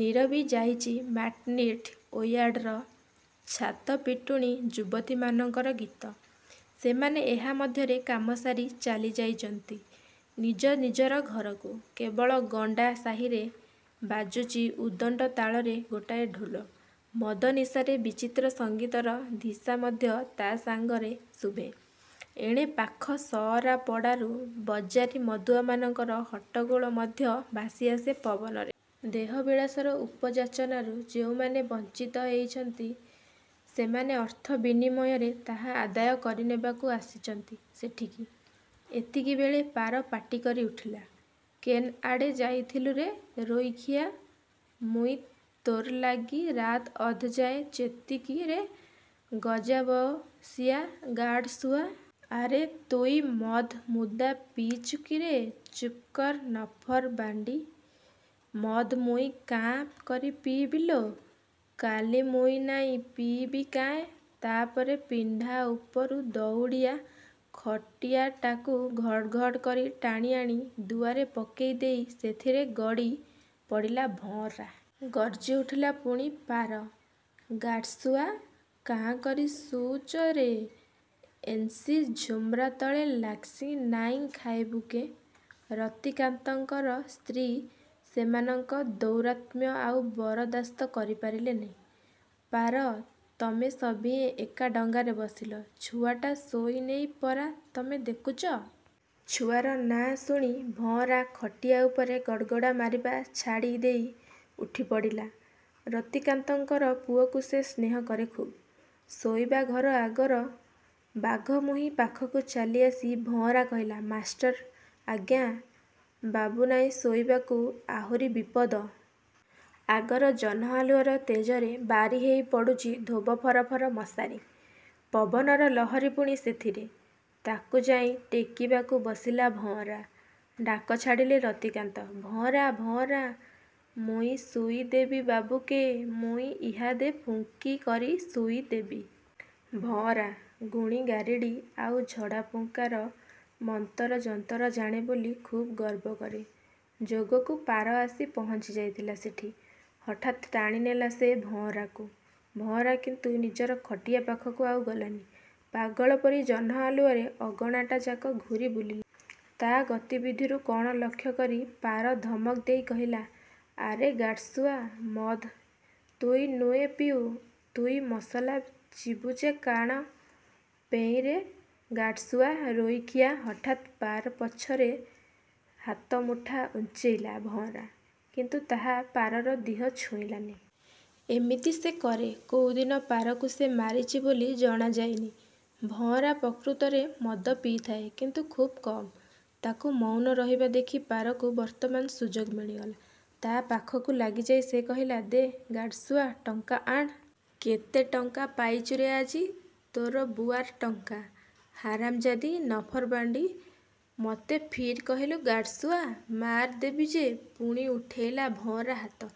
ନୀରବି ଯାଇଚି ମାଟର୍ନିଟି ଓ୍ୟାଡ଼ର ଛାତପିଟୁଣୀ ଯୁବତୀମାନଙ୍କର ଗୀତ। ସେମାନେ ଏହା ମଧ୍ୟରେ କାମସାରି ଚାଲିଯାଇଚନ୍ତି ନିଜନିଜର ଘରକୁ। କେବଳ ଗଣ୍ଡା ସାହିରେ ବାଜୁଚି ଉଦଣ୍ଡ ତାଳରେ ଗୋଟାଏ ଢୋଲ–ମଦ ନିଶାରେ ବିଚିତ୍ର ସଙ୍ଗୀତର ଧିଶା ମଧ୍ୟ ତା ସାଙ୍ଗରେ ଶୁଭେ-। ଏଣେ ପାଖ ସଅରାପଡ଼ାରୁ ବଜାରୀ ମଦୁଆମାନଙ୍କର ହଟ୍ଟଗୋଳ ମଧ୍ୟ ଭାସିଆସେ ପବନରେ-। ଦେହବିଳାସର ଉପଯାଚନାରୁ ଯେଉଁମାନେ ବଞ୍ଚିତ ହେଇଚନ୍ତି, ସେମାନେ ଅର୍ଥ ବିନିମୟରେ ତାହା ଆଦାୟ କରିନେବାକୁ ଆସିଚନ୍ତି ସେଠିକି। ଏତିକିବେଳେ। ପାର ପାଟିକରି ଉଠିଲା, "କେନ୍ଆଡ଼େ ଯାଇଥିଲୁ ରେ ରୋଇଖିଆ" ମୁଁ ଇଁ ତୋର୍ ଲାଗି ରାତ୍ ଅଧ ଯାଏ ଚେତ୍ବି କି ରେ ଗଜାବଅସିଆ... ଗାଡ଼୍ ସୁଆ... ଆରେ ତୁଇ ମଦ୍ ମୁଦା ପିଇଚୁ କିରେ... " ଚୁପ୍କର ନଫର ବାଣ୍ଡି... ମଦ୍ ମୁଇଁ କାଁ କରି ପିଇବି ଲୋ... କାଲି ମୁଇଁ ନାଇଁ ପିଇବି କାଏଁ? " ତା ପରେ ପିଣ୍ଡା ଉପରୁ ଦଉଡ଼ିଆ ଖଟିଆଟାକୁ ଘଡ଼୍ ଘଡ଼୍ କରି ଟାଣିଆଣି ଦୁଆରେ ପକେଇ ଦେଇ ସେଥିରେ ଗଡ଼ି ପଡ଼ିଲା ଭଁଅରା। ଗର୍ଜି ଉଠିଲା ପୁଣି ପାର। "ଗାଡ୍ସୁଆ, କାଁ କରି ଶୁଉଚ ରେ ଏନ୍ସି ଝୁମ୍ରା ତତେ ଲାଗ୍ସି ନାଇଁ ଖାଇବୁ କେଁ? " ରତିକାନ୍ତଙ୍କର ସ୍ତ୍ରୀ ସେମାନଙ୍କ ଦୌରାତ୍ମ୍ୟ ଆଉ ବରଦାସ୍ତ କରିପାରିଲେ ନି। "ପାର ତମେ ସଭିଏଁ ଏକା ଡଙ୍ଗାରେ ବସିଲ? ଛୁଆଟା ଶୋଇନେଇ ପରା ତମେ ଦେଖୁଚ! " ଛୁଆର ନାଁ ଶୁଣି ଭଁଅରା ଖଟିଆ ଉପରେ ଗଡ଼୍ଗଡ଼ା ମାରିବା ଛାଡ଼ି ଦେଇ ଉଠି ପଡ଼ିଲା-। ରତିକାନ୍ତଙ୍କର ପୁଅକୁ ସେ ସ୍ନେହ କରେ ଖୁବ୍। ଶୋଇବାଘର ଆଗର ବାଘମୁହିଁ ପାଖକୁ ଚାଲି ଆସି ଭଁଅରା କହିଲା– "ମାଷ୍ଟର୍, ଆଜ୍ଞା... 'ବାବୁ ନାଇଁ ଶୋଇବାକୁ? " ଆହୁରି ବିପଦ। ଆଗର ଜହ୍ନଆଲୁଅର ତେଜରେ ବାରି ହେଇ ପଡ଼ୁଚି ଧୋବ ଫରଫର ମଶାରି, ପବନର ଲହରୀ ପୁଣି ସେଥିରେ। ତାକୁ ଯାଇଁ ଟେକିବାକୁ ବସିଲା ଭଅଁରା। ଡାକ ଛାଡ଼ିଲେ ରତିକାନ୍ତ। "ଭଅଁରା... ଭଅଁରା... " 'ମୁଇଁ ଶୁଇ ଦେବି ବାବୁକେ... ମୁଇଁ ଇହାଦେ ଫୁଙ୍କି କରି ଶୁଇ ଦେବି!! ଭଅଁରା ଗୁଣୀଗାରିଡ଼ି ଆଉ ଝଡ଼ାଫୁଙ୍କାର ମନ୍ତର ଯନ୍ତର ଜାଣେ ବୋଲି ଖୁବ୍ ଗର୍ବ କରେ। ଯୋଗକୁ ପାର ଆସି ପହଞ୍ଚିଯାଇଥିଲା ସେଠି। ହଠାତ୍ ଟାଣି ନେଲା ସେ ଭଅଁରାକୁ। ଭଅଁରା କିନ୍ତୁ ନିଜର ଖଟିଆ ପାଖକୁ ଆଉ ଗଲାନି। ପାଗଳ ପରି ଜହ୍ନଆଲୁଅରେ ଅଗଣାଟାଯାକ ଘୂରି ବୁଲିଲା। ତା' ଗତିବିଧିରୁ କଣ ଲକ୍ଷ୍ୟ କରି ପାର ଧମକ ଦେଇ କହିଲା, "ଆରେ ଗାଡ୍ସୁଆ, ମଦ୍ ତୁଇ ନୁହେ ପିଉ... ତୁଇ ମସଲା ଚିବୁଚେ କାଣ ପେଇଁରେ... ଗାଡ୍ସୁଆ, ରୋଇଖିଆ! " ହଠାତ୍ ପାର ପଛରେ ହାତ ମୁଠା ଉଞ୍ଚେଇଲା ଭଅଁରା। କିନ୍ତୁ ତାହା ପାରର ଦିହ ଛୁଇଁଲାନି। ଏମିତି ସେ କରେ। କୋଉଦିନ ପାରକୁ ସେ ମାରିଚି ବୋଲି ଜଣାଯାଇନି। ଭଅଁରା ପ୍ରକୃତରେ ମଦ ପିଇଥାଏ, କିନ୍ତୁ ଖୁବ୍ କମ୍। ତାକୁ ମୌନ ରହିବା ଦେଖି ପାରକୁ ବର୍ତ୍ତମାନ ସୁଯୋଗ ମିଳିଗଲା। ତା' ପାଖକୁ ଲାଗିଯାଇ ସେ କହିଲା, "ଦେ ଗାଡ୍ସୁଆ, ଟଙ୍କା ଆଣ୍... କେତେ ଟଙ୍କା ପାଇଚୁରେ ଆଜି? " "ତୋର ବୁଆର୍ ଟଙ୍କା, ହାରାମଜାଦି! ନଫରବାଣ୍ଡି, ମତେ ଫିର୍ କହିଲୁ ଗାଡ୍ସୁଆ... ମାଆର୍ ଦେଵି ଯେ" ପୁଣି ଉଠେଇଲା ଭଅଁରା ହାତ।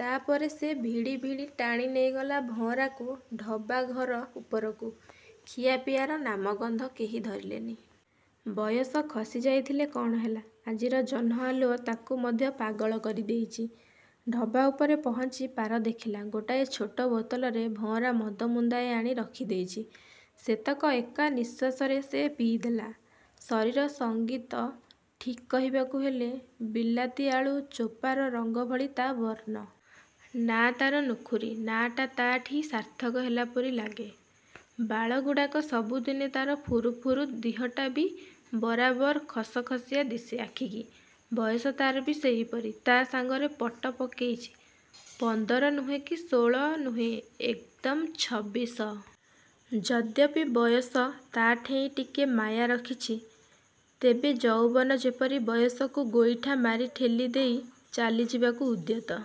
ତା ପରେ ସେ ଭିଡ଼ି ଭିଡ଼ି ଟାଣି ନେଇଗଲା ଭଅଁରାକୁ ଢବା ଘର ଉପରକୁ। ଖିଆପିଆର ନାମଗନ୍ଧ କେହି ଧରିଲେନି। ବୟସ ଖସି ଯାଇଥିଲେ କଣ ହେଲା, ଆଜିର ଜହ୍ନଆଲୁଅ ତାକୁ ମଧ୍ୟ ପାଗଳ କରିଦେଇଚି। ଢବା ଉପରେ ପହଞ୍ଚି ପାର ଦେଖିଲା, ଗୋଟାଏ ଛୋଟ ବୋତଲରେ ଭଅଁରା ମଦ ମୁନ୍ଦାଏ ଆଣି ରଖି ଦେଇଚି। ସେତକ ଏକା ନିଶ୍ୱାସରେ ସେ ପିଇଦେଲା। ଶରୀର–ସଙ୍ଗୀତ ଠିକ୍ କହିବାକୁ ହେଲେ ବିଲାତିଆଳୁ ଚୋପାର ରଙ୍ଗ ଭଳି ତା' ବର୍ଣ୍ଣ। ନାଁ ତାର ନୁଖୁରୀ-। ନାଁଟା ତା'ଠି ସାର୍ଥକ ହେଲା ପରି ଲାଗେ। ବାଳଗୁଡ଼ାକ ସବୁଦିନେ ତାର ଫୁରୁଫୁରୁ–ଦିହଟା ଵି ବରାବର ଖସଖସିଆ ଦିଶେ ଆଖିକି। ବୟସ ତା'ର ଵି ସେହିପରି ତା ସାଙ୍ଗରେ ପଟ ପକେଇଚି-। ପନ୍ଦର ନୁହେଁ କି ଷୋଳ ନୁହେଁ। ଏକଦମ୍ ଛବିଶ। ଯଦ୍ୟପି ବୟସ ତାଠେଇଁ ଟିକେ ମାୟା ରଖିଚି, ତେବେ ଯୌବନ ଯେପରି ବୟସକୁ ଗୋଇଠା ମାରି ଠେଲି ଦେଇ ଚାଲିଯିବାକୁ ଉଦ୍ୟତ-।